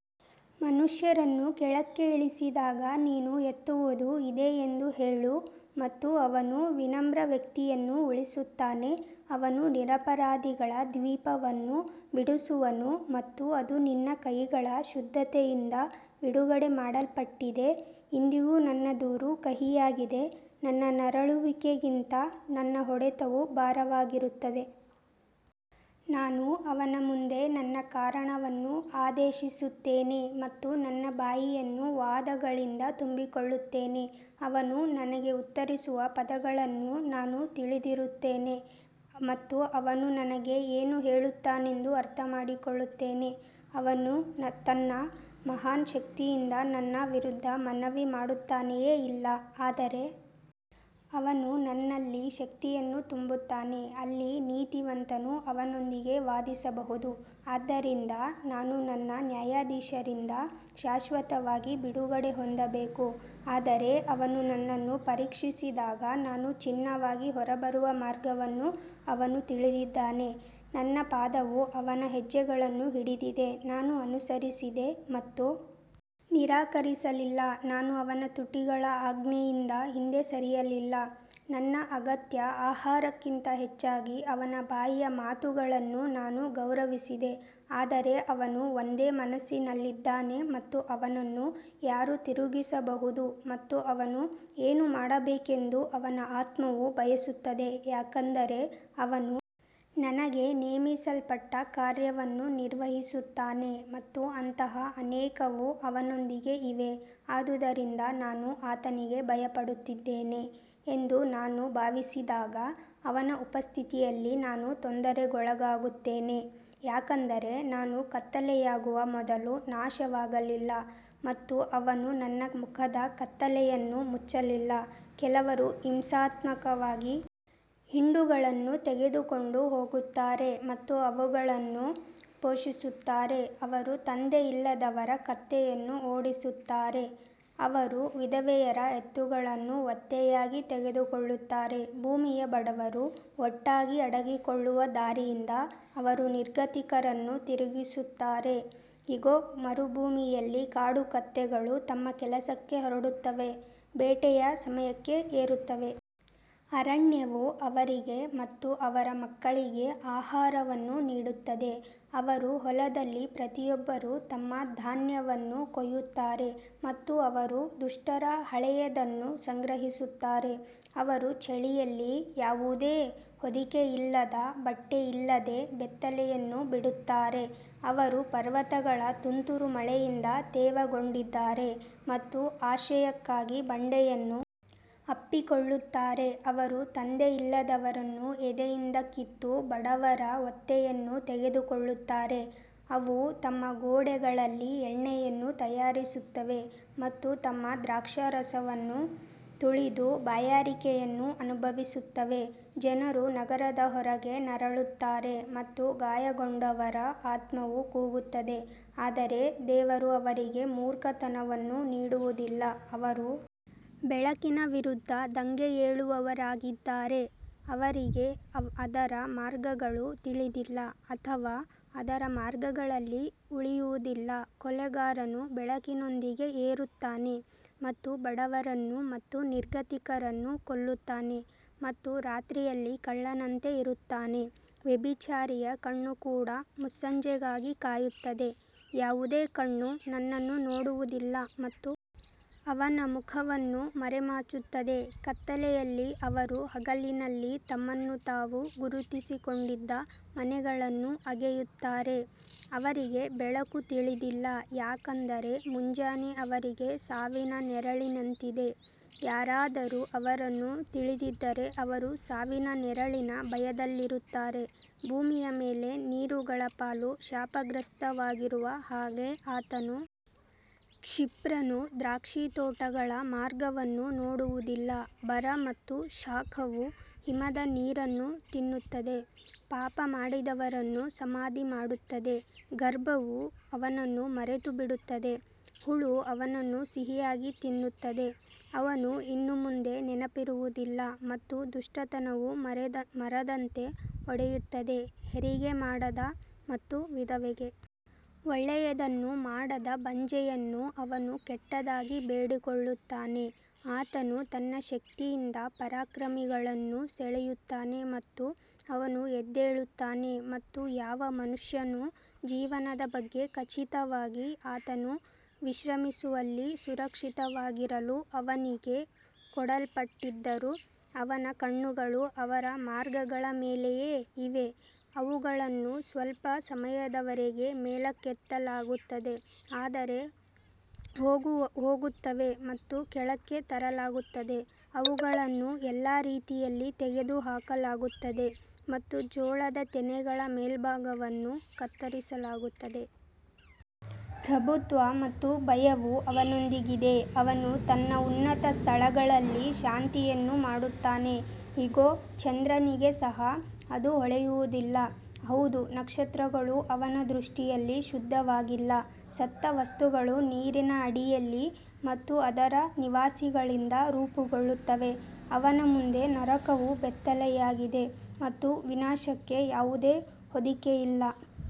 ಮನುಷ್ಯರನ್ನು ಕೆಳಕ್ಕೆ ಇಳಿಸಿದಾಗ ನೀನು ಎತ್ತುವುದು ಇದೆ ಎಂದು ಹೇಳು ಮತ್ತು ಅವನು ವಿನಮ್ರ ವ್ಯಕ್ತಿಯನ್ನು ಉಳಿಸುತ್ತಾನೆ ಅವನು ನಿರಪರಾಧಿಗಳ ದ್ವೀಪವನ್ನು ಬಿಡಿಸುವನು ಮತ್ತು ಅದು ನಿನ್ನ ಕೈಗಳ ಶುದ್ಧತೆಯಿಂದ ಬಿಡುಗಡೆ ಮಾಡಲ್ಪಟ್ಟಿದೆ ಇಂದಿಗೂ ನನ್ನ ದೂರು ಕಹಿಯಾಗಿದೆ, ನನ್ನ ನರಳುವಿಕೆಗಿಂತ ನನ್ನ ಹೊಡೆತವು ಭಾರವಾಗಿರುತ್ತದೆ ನಾನು ಅವನ ಮುಂದೆ ನನ್ನ ಕಾರಣವನ್ನು ಆದೇಶಿಸುತ್ತೇನೆ ಮತ್ತು ನನ್ನ ಬಾಯಿಯನ್ನು ವಾದಗಳಿಂದ ತುಂಬಿಕೊಳ್ಳುತ್ತೇನೆ ಅವನು ನನಗೆ ಉತ್ತರಿಸುವ ಪದಗಳನ್ನು ನಾನು ತಿಳಿದಿರುತ್ತೇನೆ ಮತ್ತು ಅವನು ನನಗೆ ಏನು ಹೇಳುತ್ತಾನೆಂದು ಅರ್ಥಮಾಡಿಕೊಳ್ಳುತ್ತೇನೆ ಅವನು ತನ್ನ ಮಹಾನ್ ಶಕ್ತಿಯಿಂದ ನನ್ನ ವಿರುದ್ಧ ಮನವಿ ಮಾಡುತ್ತಾನೆಯೇ ಇಲ್ಲ ಆದರೆ ಅವನು ನನ್ನಲ್ಲಿ ಶಕ್ತಿಯನ್ನು ತುಂಬುತ್ತಾನೆ ಅಲ್ಲಿ ನೀತಿವಂತನು ಅವನೊಂದಿಗೆ ವಾದಿಸಬಹುದು ಆದ್ದರಿಂದ ನಾನು ನನ್ನ ನ್ಯಾಯಾಧೀಶರಿಂದ ಶಾಶ್ವತವಾಗಿ ಬಿಡುಗಡೆ ಹೊಂದಬೇಕು ಆದರೆ ಅವನು ನನ್ನನ್ನು ಪರೀಕ್ಷಿಸಿದಾಗ ನಾನು ಚಿನ್ನವಾಗಿ ಹೊರಬರುವ ಮಾರ್ಗವನ್ನು ಅವನು ತಿಳಿದಿದ್ದಾನೆ ನನ್ನ ಪಾದವು ಅವನ ಹೆಜ್ಜೆಗಳನ್ನು ಹಿಡಿದಿದೆ ನಾನು ಅನುಸರಿಸಿದೆ ಮತ್ತು ನಿರಾಕರಿಸಲಿಲ್ಲ ನಾನು ಅವನ ತುಟಿಗಳ ಆಜ್ಞೆಯಿಂದ ಹಿಂದೆ ಸರಿಯಲಿಲ್ಲ, ನನ್ನ ಅಗತ್ಯ ಆಹಾರಕ್ಕಿಂತ ಹೆಚ್ಚಾಗಿ ಅವನ ಬಾಯಿಯ ಮಾತುಗಳನ್ನು ನಾನು ಗೌರವಿಸಿದೆ ಆದರೆ ಅವನು ಒಂದೇ ಮನಸ್ಸಿನಲ್ಲಿದ್ದಾನೆ ಮತ್ತು ಅವನನ್ನು ಯಾರು ತಿರುಗಿಸಬಹುದು ಮತ್ತು ಅವನು ಏನು ಮಾಡಬೇಕೆಂದು ಅವನ ಆತ್ಮವು ಬಯಸುತ್ತದೆ ಯಾಕಂದರೆ ಅವನು ನನಗೆ ನೇಮಿಸಲ್ಪಟ್ಟ ಕಾರ್ಯವನ್ನು ನಿರ್ವಹಿಸುತ್ತಾನೆ ಮತ್ತು ಅಂತಹ ಅನೇಕವು ಅವನೊಂದಿಗೆ ಇವೆ ಆದುದರಿಂದ ನಾನು ಆತನಿಗೆ ಭಯಪಡುತ್ತಿದ್ದೇನೆ ಎಂದು ನಾನು ಭಾವಿಸಿದಾಗ ಅವನ ಉಪಸ್ಥಿತಿಯಲ್ಲಿ ನಾನು ತೊಂದರೆಗೊಳಗಾಗುತ್ತೇನೆ ಯಾಕಂದರೆ ನಾನು ಕತ್ತಲೆಯಾಗುವ ಮೊದಲು ನಾಶವಾಗಲಿಲ್ಲ ಮತ್ತು ಅವನು ನನ್ನ ಮುಖದ ಕತ್ತಲೆಯನ್ನು ಮುಚ್ಚಲಿಲ್ಲ ಕೆಲವರು ಹಿಂಸಾತ್ಮಕವಾಗಿ ಹಿಂಡುಗಳನ್ನು ತೆಗೆದುಕೊಂಡು ಹೋಗುತ್ತಾರೆ ಮತ್ತು ಅವುಗಳನ್ನು ಪೋಷಿಸುತ್ತಾರೆ ಅವರು ತಂದೆಯಿಲ್ಲದವರ ಕತ್ತೆಯನ್ನು ಓಡಿಸುತ್ತಾರೆ, ಅವರು ವಿಧವೆಯರ ಎತ್ತುಗಳನ್ನು ಒತ್ತೆಯಾಗಿ ತೆಗೆದುಕೊಳ್ಳುತ್ತಾರೆ ಭೂಮಿಯ ಬಡವರು ಒಟ್ಟಾಗಿ ಅಡಗಿಕೊಳ್ಳುವ ದಾರಿಯಿಂದ ಅವರು ನಿರ್ಗತಿಕರನ್ನು ತಿರುಗಿಸುತ್ತಾರೆ ಇಗೋ, ಮರುಭೂಮಿಯಲ್ಲಿ ಕಾಡು ಕತ್ತೆಗಳು ತಮ್ಮ ಕೆಲಸಕ್ಕೆ ಹೊರಡುತ್ತವೆ, ಬೇಟೆಯ ಸಮಯಕ್ಕೆ ಏರುತ್ತವೆ ಅರಣ್ಯವು ಅವರಿಗೆ ಮತ್ತು ಅವರ ಮಕ್ಕಳಿಗೆ ಆಹಾರವನ್ನು ನೀಡುತ್ತದೆ ಅವರು ಹೊಲದಲ್ಲಿ ಪ್ರತಿಯೊಬ್ಬರು ತಮ್ಮ ಧಾನ್ಯವನ್ನು ಕೊಯ್ಯುತ್ತಾರೆ ಮತ್ತು ಅವರು ದುಷ್ಟರ ಹಳೆಯದನ್ನು ಸಂಗ್ರಹಿಸುತ್ತಾರೆ ಅವರು ಚಳಿಯಲ್ಲಿ ಯಾವುದೇ ಹೊದಿಕೆಯಿಲ್ಲದ ಬಟ್ಟೆಯಿಲ್ಲದೆ ಬೆತ್ತಲೆಯನ್ನು ಬಿಡುತ್ತಾರೆ ಅವರು ಪರ್ವತಗಳ ತುಂತುರು ಮಳೆಯಿಂದ ತೇವಗೊಂಡಿದ್ದಾರೆ ಮತ್ತು ಆಶ್ರಯಕ್ಕಾಗಿ ಬಂಡೆಯನ್ನು ಅಪ್ಪಿಕೊಳ್ಳುತ್ತಾರೆ ಅವರು ತಂದೆಯಿಲ್ಲದವರನ್ನು ಎದೆಯಿಂದ ಕಿತ್ತು ಬಡವರ ಒತ್ತೆಯನ್ನು ತೆಗೆದುಕೊಳ್ಳುತ್ತಾರೆ ಅವು ತಮ್ಮ ಗೋಡೆಗಳಲ್ಲಿ ಎಣ್ಣೆಯನ್ನು ತಯಾರಿಸುತ್ತವೆ ಮತ್ತು ತಮ್ಮ ದ್ರಾಕ್ಷಾರಸವನ್ನು ತುಳಿದು ಬಾಯಾರಿಕೆಯನ್ನು ಅನುಭವಿಸುತ್ತವೆ ಜನರು ನಗರದ ಹೊರಗೆ ನರಳುತ್ತಾರೆ ಮತ್ತು ಗಾಯಗೊಂಡವರ ಆತ್ಮವು ಕೂಗುತ್ತದೆ ಆದರೆ ದೇವರು ಅವರಿಗೆ ಮೂರ್ಖತನವನ್ನು ನೀಡುವುದಿಲ್ಲ ಅವರು ಬೆಳಕಿನ ವಿರುದ್ಧ ದಂಗೆಯೇಳುವವರಾಗಿದ್ದಾರೆ, ಅವರಿಗೆ ಅದರ ಮಾರ್ಗಗಳು ತಿಳಿದಿಲ್ಲ ಅಥವಾ ಅದರ ಮಾರ್ಗಗಳಲ್ಲಿ ಉಳಿಯುವುದಿಲ್ಲ ಕೊಲೆಗಾರನು ಬೆಳಕಿನೊಂದಿಗೆ ಏರುತ್ತಾನೆ ಮತ್ತು ಬಡವರನ್ನು ಮತ್ತು ನಿರ್ಗತಿಕರನ್ನು ಕೊಲ್ಲುತ್ತಾನೆ ಮತ್ತು ರಾತ್ರಿಯಲ್ಲಿ ಕಳ್ಳನಂತೆ ಇರುತ್ತಾನೆ ವ್ಯಭಿಚಾರಿಯ ಕಣ್ಣು ಕೂಡ ಮುಸ್ಸಂಜೆಗಾಗಿ ಕಾಯುತ್ತದೆ, ಯಾವುದೇ ಕಣ್ಣು ನನ್ನನ್ನು ನೋಡುವುದಿಲ್ಲ ಮತ್ತು ಅವನ ಮುಖವನ್ನು ಮರೆಮಾಚುತ್ತದೆ ಕತ್ತಲೆಯಲ್ಲಿ ಅವರು ಹಗಲಿನಲ್ಲಿ ತಮ್ಮನ್ನು ತಾವು ಗುರುತಿಸಿಕೊಂಡಿದ್ದ ಮನೆಗಳನ್ನು ಅಗೆಯುತ್ತಾರೆ, ಅವರಿಗೆ ಬೆಳಕು ತಿಳಿದಿಲ್ಲ ಯಾಕಂದರೆ ಮುಂಜಾನೆ ಅವರಿಗೆ ಸಾವಿನ ನೆರಳಿನಂತಿದೆ, ಯಾರಾದರೂ ಅವರನ್ನು ತಿಳಿದಿದ್ದರೆ ಅವರು ಸಾವಿನ ನೆರಳಿನ ಭಯದಲ್ಲಿರುತ್ತಾರೆ ಭೂಮಿಯ ಮೇಲೆ ನೀರುಗಳ ಪಾಲು ಶಾಪಗ್ರಸ್ತವಾಗಿರುವ ಹಾಗೆ ಆತನು ಕ್ಷಿಪ್ರನು ದ್ರಾಕ್ಷಿತೋಟಗಳ ಮಾರ್ಗವನ್ನು ನೋಡುವುದಿಲ್ಲ ಬರ ಮತ್ತು ಶಾಖವು ಹಿಮದ ನೀರನ್ನು ತಿನ್ನುತ್ತದೆ, ಪಾಪ ಮಾಡಿದವರನ್ನು ಸಮಾಧಿ ಮಾಡುತ್ತದೆ ಗರ್ಭವು ಅವನನ್ನು ಮರೆತುಬಿಡುತ್ತದೆ, ಹುಳು ಅವನನ್ನು ಸಿಹಿಯಾಗಿ ತಿನ್ನುತ್ತದೆ, ಅವನು ಇನ್ನು ಮುಂದೆ ನೆನಪಿರುವುದಿಲ್ಲ ಮತ್ತು ದುಷ್ಟತನವು ಮರದಂತೆ ಒಡೆಯುತ್ತದೆ ಹೆರಿಗೆ ಮಾಡದ ಮತ್ತು ವಿಧವೆಗೆ ಒಳ್ಳೆಯದನ್ನು ಮಾಡದ ಬಂಜೆಯನ್ನು ಅವನು ಕೆಟ್ಟದಾಗಿ ಬೇಡಿಕೊಳ್ಳುತ್ತಾನೆ ಆತನು ತನ್ನ ಶಕ್ತಿಯಿಂದ ಪರಾಕ್ರಮಿಗಳನ್ನೂ ಸೆಳೆಯುತ್ತಾನೆ ಮತ್ತು ಅವನು ಎದ್ದೇಳುತ್ತಾನೆ ಮತ್ತು ಯಾವ ಮನುಷ್ಯನೂ ಜೀವನದ ಬಗ್ಗೆ ಖಚಿತವಾಗಿಲ್ಲ ಆತನು ವಿಶ್ರಮಿಸುವಲ್ಲಿ ಸುರಕ್ಷಿತವಾಗಿರಲು ಅವನಿಗೆ ಕೊಡಲ್ಪಟ್ಟಿದ್ದರೂ ಅವನ ಕಣ್ಣುಗಳು ಅವರ ಮಾರ್ಗಗಳ ಮೇಲೆಯೇ ಇವೆ ಅವುಗಳನ್ನು ಸ್ವಲ್ಪ ಸಮಯದವರೆಗೆ ಮೇಲಕ್ಕೆತ್ತಲಾಗುತ್ತದೆ ಆದರೆ ಹೋಗುತ್ತವೆ ಮತ್ತು ಕೆಳಕ್ಕೆ ತರಲಾಗುತ್ತದೆ, ಅವುಗಳನ್ನು ಎಲ್ಲಾ ರೀತಿಯಲ್ಲಿ ತೆಗೆದುಹಾಕಲಾಗುತ್ತದೆ ಮತ್ತು ಜೋಳದ ತೆನೆಗಳ ಮೇಲ್ಭಾಗವನ್ನು ಕತ್ತರಿಸಲಾಗುತ್ತದೆ. ಪ್ರಭುತ್ವ ಮತ್ತು ಭಯವು ಅವನೊಂದಿಗಿದೆ ಅವನು ತನ್ನ ಉನ್ನತ ಸ್ಥಳಗಳಲ್ಲಿ ಶಾಂತಿಯನ್ನು ಮಾಡುತ್ತಾನೆ ಇಗೋ ಚಂದ್ರನಿಗೆ ಸಹ ಅದು ಹೊಳೆಯುವುದಿಲ್ಲ, ಹೌದು ನಕ್ಷತ್ರಗಳು ಅವನ ದೃಷ್ಟಿಯಲ್ಲಿ ಶುದ್ಧವಾಗಿಲ್ಲ ಸತ್ತ ವಸ್ತುಗಳು ನೀರಿನ ಅಡಿಯಲ್ಲಿ ಮತ್ತು ಅದರ ನಿವಾಸಿಗಳಿಂದ ರೂಪುಗೊಳ್ಳುತ್ತವೆ ಅವನ ಮುಂದೆ ನರಕವು ಬೆತ್ತಲೆಯಾಗಿದೆ ಮತ್ತು ವಿನಾಶಕ್ಕೆ ಯಾವುದೇ ಹೊದಿಕೆಯಿಲ್ಲ.